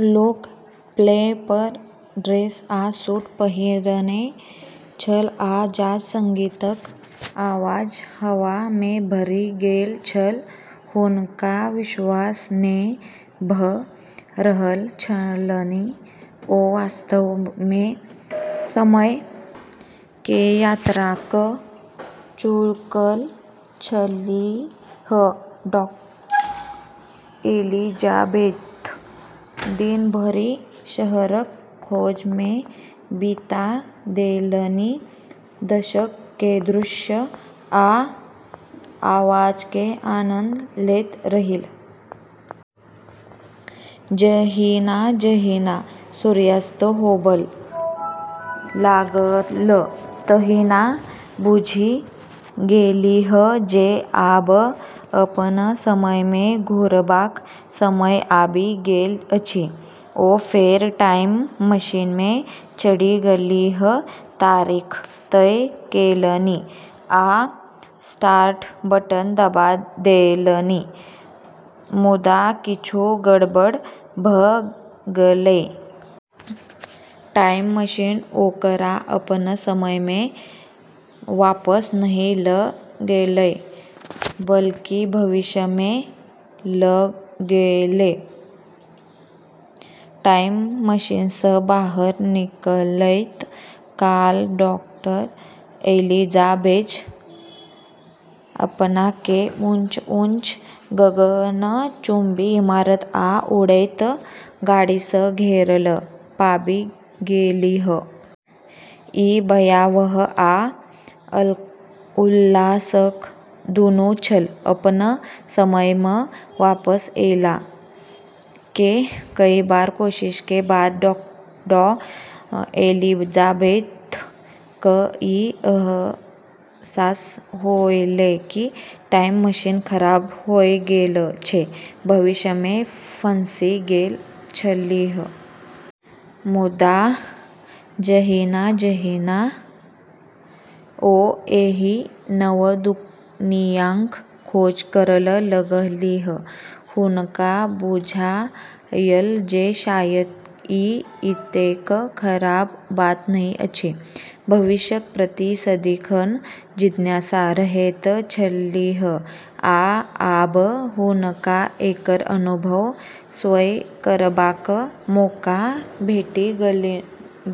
लोक flapper dress आ suit पहिरने छल आ जाज संगीतक आवाज हवा मे भरि गेल छल। हुनका विश्वास नै भ रहल छलनि, ओ वास्तव में समय के यात्रा कऽ चुकल छलीह! डॉ. एलिजाबेथ दिन भरि शहरक खोज में बिता देलनि, दशक के दृश्य आ आवाज के आनंद लैत रहलीह। जहिना-जहिना सूर्यास्त होबय लागल तहिना बुझि गेलीह जे आब अपन समय मे घुरबाक समय आबि गेल अछि। ओ फेर टाइम मशीन मे चढ़ि गेलीह, तारीख तय केलनि आ स्टार्ट बटन दबा देलनि। मुदा किछु गड़बड़ भऽ गेलै। टाइम मशीन ओकरा अपन समय मे वापस नहि लऽ गेलै, बल्कि भविष्य मे लऽ गेलै। टाइम मशीन सऽ बाहर निकलैत काल डॉ. एलिजाबेथ अपना कें ऊंच-ऊंच गगनचुंबी इमारत आ उड़ैत गाड़ी सऽ घेरल पाबि गेलीह। ई भयावह आ उल्लासक दुनू छल। अपनऽ समय मऽ वापस ऐला के कई बार कोशिश के बाद डॉ. एलिजाबेथ कऽ ई अहसास होलै कि टाइम मशीन खराब होय गेलऽ छै। भविष्य मे फँसि गेल छलीह। मुदा जहिना-जहिना ओ एहि नव दुनियाँक खोज करय लगलीह, हुनका बुझायल जे शायद ई एतेक खराब बात नहि अछि। भविष्यक प्रति सदिखन जिज्ञासा रहैत छलीह, आ आब हुनका एकर अनुभव स्वयं करबाक मौका भेटि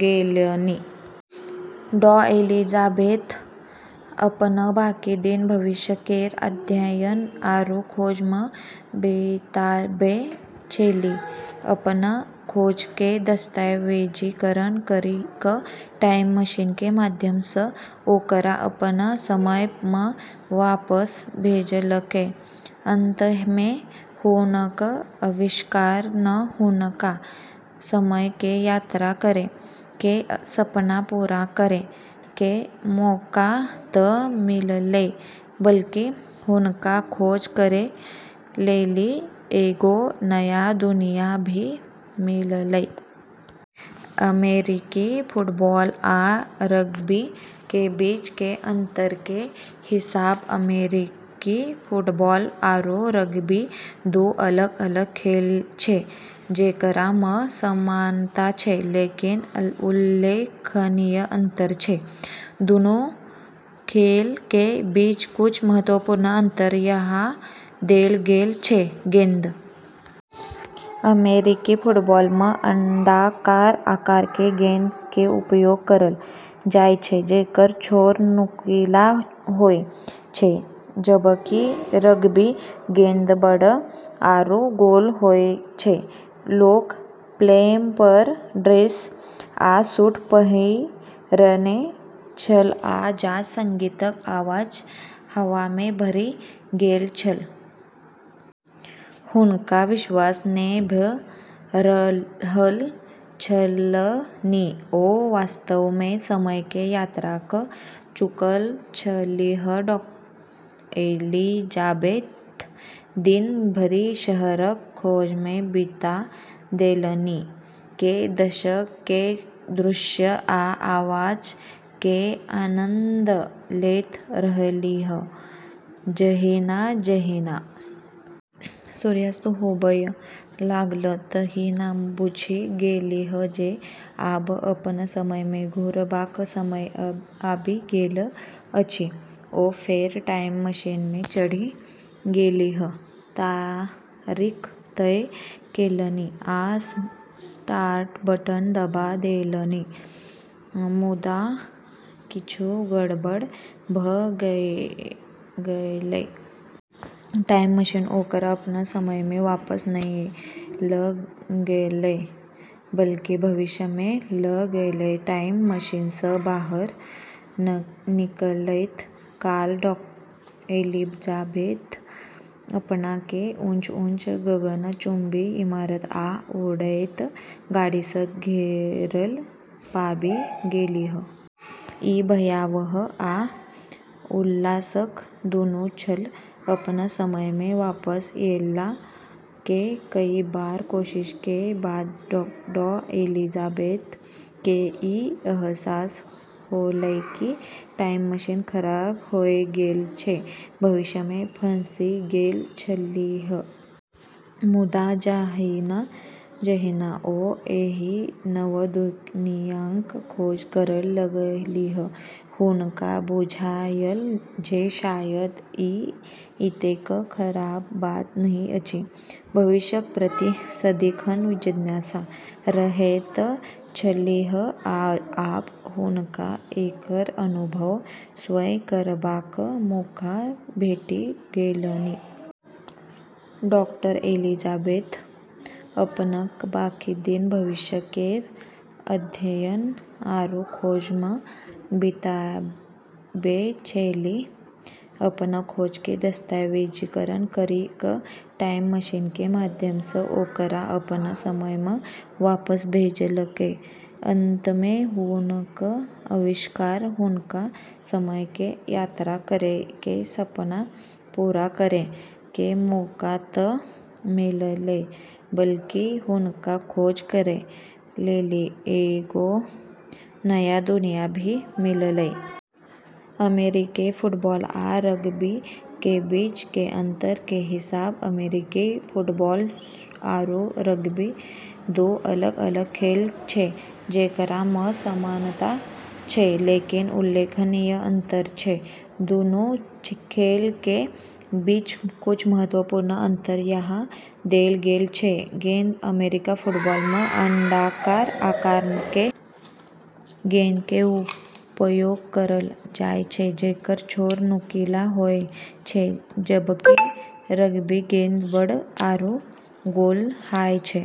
गेलनि। डॉ. एलिजाबेथ अपनऽ बाकी दिन भविष्य केरऽ अध्ययन आरू खोज मऽ बिताबै छेली, अपनऽ खोज के दस्तावेजीकरण करी कऽ टाइम मशीन के माध्यम सऽ ओकरा अपनऽ समय मऽ वापस भेजलकै। अंत में हुनकऽ आविष्कार नऽ हुनका समय के यात्रा करै के सपना पूरा करै के मौका त मिललै बल्कि हुनका खोज करै लेली एगो नया दुनिया भी मिललै। अमेरिकी फुटबॉल आ रग्बी के बीच के अंतर के हिसाब अमेरिकी फुटबॉल आरू रग्बी दू अलग-अलग खेल छै जेकरा मऽ समानता छै लेकिन उल्लेखनीय अंतर छै। दूनू खेलऽ के बीच कुछ महत्वपूर्ण अंतर यहाँ देलऽ गेलऽ छै ।गेंद अमेरिकी फुटबॉल मऽ अण्डाकार आकार के गेंद के उपयोग करलऽ जाय छै जेकरऽ छोर नुकीला होय छै जबकि रग्बी गेंद बड़ऽ आरू गोल होय छै। लोक फ्लैपर ड्रेस आ सूट पहिरने छल आ जाज संगीतक आवाज हवा मे भरि गेल छल। हुनका विश्वास नै भ रहल छलनि, ओ वास्तव में समय के यात्रा क चुकल छलीह! डॉ. एलिजाबेथ दिन भरि शहरक खोज में बिता देलनि, के दशक के दृश्य आ आवाज के आनंद लैत रहलीह ।जहिना-जहिना सूर्यास्त होबय लागल तहिना बुझि गेलीह जे आब अपन समय मे घुरबाक समय आबि गेल अछि। ओ फेर टाइम मशीन मे चढ़ि गेलीह, तारीख तय केलनि आ स्टार्ट बटन दबा देलनि। मुदा किछु गड़बड़ भऽ गेलै। टाइम मशीन ओकरा अपन समय मे वापस नहि लऽ गेलै, बल्कि भविष्य मे लऽ गेलै। टाइम मशीन सऽ बाहर निकलैत काल डॉ. एलिजाबेथ अपना के ऊंच-ऊंच गगनचुंबी इमारत आ उड़ैत गाड़ी सऽ घेरल पाबि गेलीह। ई भयावह आ उल्लासक दुनू छल। अपनऽ समय मे वापस ऐला के कई बार कोशिश के बाद डॉ. एलिजाबेथ के ई अहसास होलै कि टाइम मशीन खराब होय गेलऽ छै। भविष्य मे फँसि गेल छलीह। मुदा जहिना-जहिना ओ एहि नव दुनियाँक खोज करय लगलीह, हुनका बुझायल जे शायद ई एतेक खराब बात नहि अछि। भविष्यक प्रति सदिखन जिज्ञासा रहैत छलीह, आ आब हुनका एकर अनुभव स्वयं करबाक मौका भेटि गेलनि। डॉ. एलिजाबेथ अपनऽ बाकी दिन भविष्य केरऽ अध्ययन आरू खोज मऽ बिताबै छेली, अपनऽ खोज के दस्तावेजीकरण करी कऽ टाइम मशीन के माध्यम सऽ ओकरा अपनऽ समय मऽ वापस भेजलकै। अंत में हुनकऽ आविष्कार हुनका समय के यात्रा करै के सपना पूरा करै के मौका त मिललै बल्कि हुनका खोज करै लेली एगो नया दुनिया भी मिललै। अमेरिकी फुटबॉल आ रग्बी के बीच के अंतर के हिसाब अमेरिकी फुटबॉल आरू रग्बी दू अलग-अलग खेल छै जेकरा मऽ समानता छै लेकिन उल्लेखनीय अंतर छै। दूनू खेलऽ के बीच कुछ महत्वपूर्ण अंतर यहाँ देलऽ गेलऽ छै ।गेंद अमेरिकी फुटबॉल मऽ अण्डाकार आकार के गेंद के उपयोग करलऽ जाय छै जेकरऽ छोर नुकीला होय छै जबकि रग्बी गेंद बड़ऽ आरू गोल होय छै।